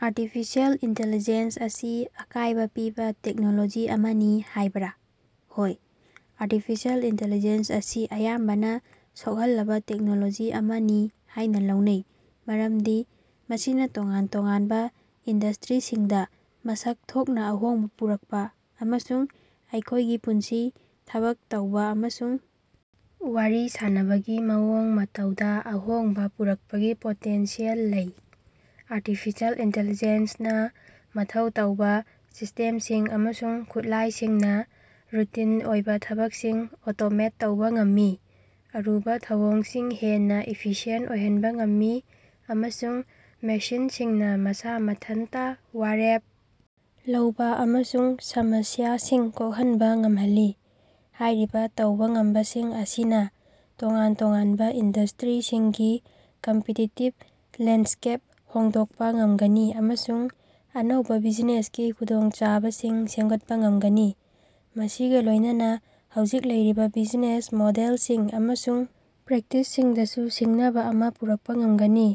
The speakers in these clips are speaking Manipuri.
ꯑꯥꯔꯇꯤꯐꯤꯁꯤꯑꯦꯜ ꯏꯟꯇꯤꯂꯤꯖꯦꯟꯁ ꯑꯁꯤ ꯑꯀꯥꯏꯕ ꯄꯤꯕ ꯇꯦꯛꯅꯣꯂꯣꯖꯤ ꯑꯃꯅꯤ ꯍꯥꯏꯕꯔꯥ? ꯍꯣꯏ, ꯑꯥꯔꯇꯤꯐꯤꯁꯤꯑꯦꯜ ꯏꯟꯇꯤꯂꯤꯖꯦꯟꯁ ꯑꯁꯤ ꯑꯌꯥꯝꯕꯅ ꯁꯣꯛꯍꯜꯂꯕ ꯇꯦꯛꯅꯣꯂꯣꯖꯤ ꯑꯃꯅꯤ ꯍꯥꯏꯅ ꯂꯧꯅꯩ ꯃꯔꯝꯗꯤ ꯃꯁꯤꯅ ꯇꯣꯉꯥꯟ ꯇꯣꯉꯥꯟꯕ ꯏꯟꯗꯁꯇꯔꯤꯁꯤꯡꯗ ꯃꯁꯛ ꯊꯣꯛꯅ ꯑꯍꯣꯡꯕ ꯄꯨꯔꯛꯄ ꯑꯃꯁꯨꯡ ꯑꯩꯈꯣꯏꯒꯤ ꯄꯨꯟꯁꯤ, ꯊꯕꯛ ꯇꯧꯕ ꯑꯃꯁꯨꯡ ꯋꯥꯔꯤ ꯁꯥꯟꯅꯕꯒꯤ ꯃꯑꯣꯡ ꯃꯇꯧꯗ ꯑꯍꯣꯡꯕ ꯄꯨꯔꯛꯄꯒꯤ ꯄꯣꯇꯦꯟꯁꯤꯌꯦꯜ ꯂꯩ꯫ ꯑꯥꯔꯇꯤꯐꯤꯁꯤꯑꯦꯜ ꯏꯟꯇꯤꯂꯤꯖꯦꯟꯁ ꯅꯥ ꯃꯊꯧ ꯇꯧꯕ ꯁꯤꯁ꯭ꯇꯦꯝꯁꯤꯡ ꯑꯃꯁꯨꯡ ꯈꯨꯠꯂꯥꯏꯁꯤꯡꯅ ꯔꯨꯇꯤꯟ ꯑꯣꯏꯕ ꯊꯕꯛꯁꯤꯡ ꯑꯣꯇꯣꯃꯦꯠ ꯇꯧꯕ ꯉꯝꯃꯤ, ꯑꯔꯨꯕ ꯊꯧꯑꯣꯡꯁꯤꯡ ꯍꯦꯟꯅ ꯏꯐꯤꯁꯤꯌꯦꯟꯇ ꯑꯣꯏꯍꯟꯕ ꯉꯝꯃꯤ ꯑꯃꯁꯨꯡ ꯃꯦꯁꯤꯟꯁꯤꯡꯅ ꯃꯁꯥ ꯃꯊꯟꯇ ꯋꯥꯔꯦꯞ ꯂꯧꯕ ꯑꯃꯁꯨꯡ ꯁꯃꯁ꯭ꯌꯥꯁꯤꯡ ꯀꯣꯛꯍꯟꯕ ꯉꯝꯍꯜꯂꯤ꯫ ꯍꯥꯏꯔꯤꯕ ꯇꯧꯕ ꯉꯝꯕꯁꯤꯡ ꯑꯁꯤꯅ ꯇꯣꯉꯥꯟ ꯇꯣꯉꯥꯟꯕ ꯏꯟꯗꯁꯇꯔꯤꯁꯤꯡꯒꯤ ꯀꯝꯄꯤꯇꯤꯇꯤꯕ ꯂꯦꯟꯗꯁ꯭ꯀꯦꯞ ꯍꯣꯡꯗꯣꯛꯄ‌ ꯉꯝꯒꯅꯤ ꯑꯃꯁꯨꯡ ꯑꯅꯧꯕ ꯕꯤꯖꯤꯅꯦꯁꯀꯤ ꯈꯨꯗꯣꯡꯆꯥꯕꯁꯤꯡ ꯁꯦꯝꯒꯠꯄ ꯉꯝꯒꯅꯤ, ꯃꯁꯤꯒ ꯂꯣꯏꯅꯅ ꯍꯧꯖꯤꯛ ꯂꯩꯔꯤꯕ ꯕꯤꯖꯤꯅꯦꯁ ꯃꯣꯗꯦꯜꯁꯤꯡ ꯑꯃꯁꯨꯡ ꯄ꯭ꯔꯦꯛꯇꯤꯁꯁꯤꯡꯗꯁꯨ ꯁꯤꯡꯅꯕ ꯑꯃ ꯄꯨꯔꯛꯄ ꯉꯝꯒꯅꯤ꯫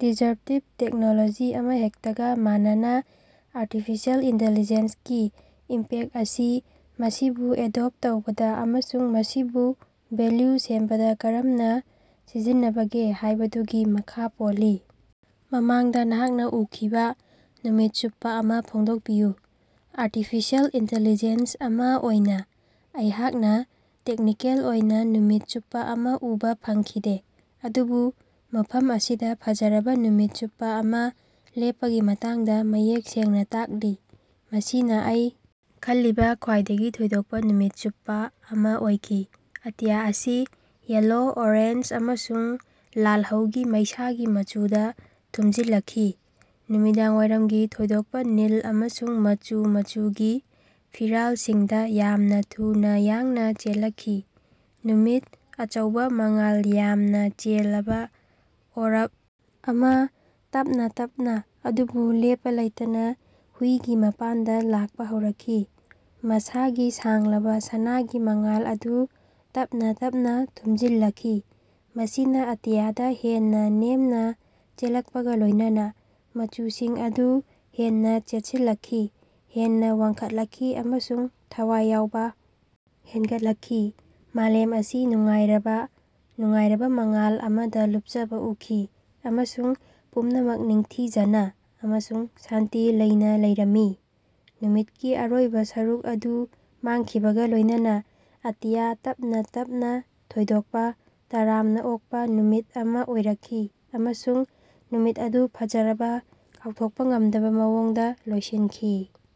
ꯗꯤꯁꯔꯞꯇꯤꯕ ꯇꯦꯛꯅꯣꯂꯣꯖꯤ ꯑꯃꯍꯦꯛꯇꯒ ꯃꯥꯟꯅꯅ, ꯑꯥꯔꯇꯤꯐꯤꯁꯤꯑꯦꯜ ꯏꯟꯇꯤꯂꯤꯖꯦꯟꯁ ꯀꯤ ꯏꯝꯄꯦꯛꯇ ꯑꯁꯤ ꯃꯁꯤꯕꯨ ꯑꯦꯗꯣꯞꯇ ꯇꯧꯕꯗ ꯑꯃꯁꯨꯡ ꯃꯁꯤꯕꯨ ꯚꯦꯂ꯭ꯌꯨ ꯁꯦꯝꯕꯗ ꯀꯔꯝꯅ ꯁꯤꯖꯤꯟꯅꯕꯒꯦ ꯍꯥꯏꯕꯗꯨꯒꯤ ꯃꯈꯥ ꯄꯣꯜꯂꯤ꯫। ꯃꯃꯥꯡꯗ ꯅꯍꯥꯛꯅ ꯎꯈꯤꯕ‌ ꯅꯨꯃꯤꯠ ꯆꯨꯞꯄ ꯑꯃ ꯐꯣꯡꯗꯣꯛꯄꯤꯌꯨ꯫ ꯑꯥꯔꯇꯤꯐꯤꯁꯤꯑꯦꯜ ꯏꯟꯇꯤꯂꯤꯖꯦꯟꯁ ꯑꯃ‌ ꯑꯣꯏꯅ ꯑꯩꯍꯥꯛꯅ ꯇꯦꯛꯅꯤꯀꯦꯜ ꯑꯣꯏꯅ ꯅꯨꯃꯤꯠ ꯆꯨꯞꯄ ꯑꯃ ꯎꯕꯥ ꯐꯪꯈꯤꯗꯦ, ꯑꯗꯨꯕꯨ ꯃꯐꯝ ꯑꯁꯤꯗ ꯐꯖꯔꯕ ꯅꯨꯃꯤꯠ ꯆꯨꯞꯄ ꯑꯃ ꯂꯦꯞꯄꯒꯤ ꯃꯇꯥꯡꯗ ꯃꯌꯦꯛ ꯁꯦꯡꯅ ꯇꯥꯛꯂꯤ꯫ ꯃꯁꯤ ꯑꯩꯅ ꯈꯜꯂꯤꯕ ꯈ꯭ꯋꯥꯏꯗꯒꯤ ꯊꯣꯏꯗꯣꯛꯄ ꯅꯨꯃꯤꯠ ꯆꯨꯞꯄ ꯑꯃ ꯑꯣꯏꯈꯤ ꯑꯇꯤꯌꯥ ꯑꯁꯤ ꯌꯦꯜꯂꯣ, ꯑꯣꯔꯦꯟꯖ ꯑꯃꯁꯨꯡ ꯂꯥꯜꯍꯧꯒꯤ ꯃꯩꯁꯥꯒꯤ ꯃꯆꯨꯗ ꯊꯨꯝꯖꯤꯜꯂꯛꯈꯤ, ꯅꯨꯃꯤꯗꯥꯡꯋꯥꯏꯔꯝꯒꯤ ꯊꯣꯏꯗꯣꯛꯄ ꯅꯤꯜ ꯑꯃꯁꯨꯡ ꯃꯆꯨ ꯃꯆꯨꯒꯤ ꯐꯤꯔꯥꯜꯁꯤꯡꯗ ꯌꯥꯝꯅ ꯊꯨꯅꯥ ꯌꯥꯡꯅ ꯆꯦꯜꯂꯛꯈꯤ꯫ ꯅꯨꯃꯤꯠ, ꯑꯆꯧꯕꯥ, ꯃꯉꯥꯜ ꯌꯥꯝꯅ ꯆꯦꯜꯂꯕ ꯑꯣꯔꯕ ꯑꯃ, ꯇꯞꯅꯥ ꯇꯞꯅꯥ ꯑꯗꯨꯕꯨ ꯂꯦꯞꯄ ꯂꯩꯇꯅ ꯍꯨꯏꯒꯤ ꯃꯄꯥꯟꯗ ꯂꯥꯛꯄ ꯍꯧꯔꯛꯈꯤ, ꯃꯁꯥꯒꯤ ꯁꯥꯡꯂꯕ ꯁꯅꯥꯒꯤ ꯃꯉꯥꯜ ꯑꯗꯨ ꯇꯞꯅꯥ ꯇꯞꯅꯥ ꯊꯨꯝꯖꯤꯜꯂꯛꯈꯤ꯫ ꯃꯁꯤꯅ ꯑꯇꯤꯌꯥꯗ ꯍꯦꯟꯅ ꯅꯦꯝꯅ ꯆꯦꯜꯂꯛꯄꯒ ꯂꯣꯏꯅꯅ ꯃꯆꯨꯁꯤꯡ ꯑꯗꯨ ꯍꯦꯟꯅ ꯆꯦꯠꯁꯤꯜꯂꯛꯈꯤ, ꯍꯦꯟꯅ ꯋꯥꯡꯈꯠꯂꯛꯈꯤ ꯑꯃꯁꯨꯡ ꯊꯋꯥꯏ ꯌꯥꯎꯕ ꯍꯦꯟꯒꯠꯂꯛꯈꯤ꯫ ꯃꯥꯂꯦꯝ ꯑꯁꯤ ꯅꯨꯡꯉꯥꯏꯔꯕꯥ, ꯅꯨꯡꯉꯥꯏꯔꯕꯥ ꯃꯉꯥꯜ ꯑꯃꯗ ꯂꯨꯞꯆꯕ ꯎꯈꯤ, ꯑꯃꯁꯨꯡ ꯄꯨꯝꯅꯃꯛ ꯅꯤꯡꯊꯤꯖꯅ ꯑꯃꯁꯨꯡ ꯁꯥꯟꯇꯤ ꯂꯩꯅ ꯂꯩꯔꯝꯃꯤ꯫ ꯅꯨꯃꯤꯠꯀꯤ ꯑꯔꯣꯏꯕ ꯁꯔꯨꯛ ꯑꯗꯨ ꯃꯥꯡꯈꯤꯕꯒ ꯂꯣꯏꯅꯅ ꯑꯇꯤꯌꯥ ꯇꯞꯅꯥ ꯇꯞꯅꯥ ꯊꯣꯏꯗꯣꯛꯄ, ꯇꯔꯥꯝꯅ ꯑꯣꯛꯄ ꯅꯨꯃꯤꯠ ꯑꯃ ꯑꯣꯏꯔꯛꯈꯤ ꯑꯃꯁꯨꯡ ꯅꯨꯃꯤꯠ ꯑꯗꯨ ꯐꯖꯔꯕ, ꯀꯥꯎꯊꯣꯛꯄ ꯉꯝꯗꯕ ꯃꯑꯣꯡꯗ ꯂꯣꯏꯁꯤꯟꯈꯤ꯫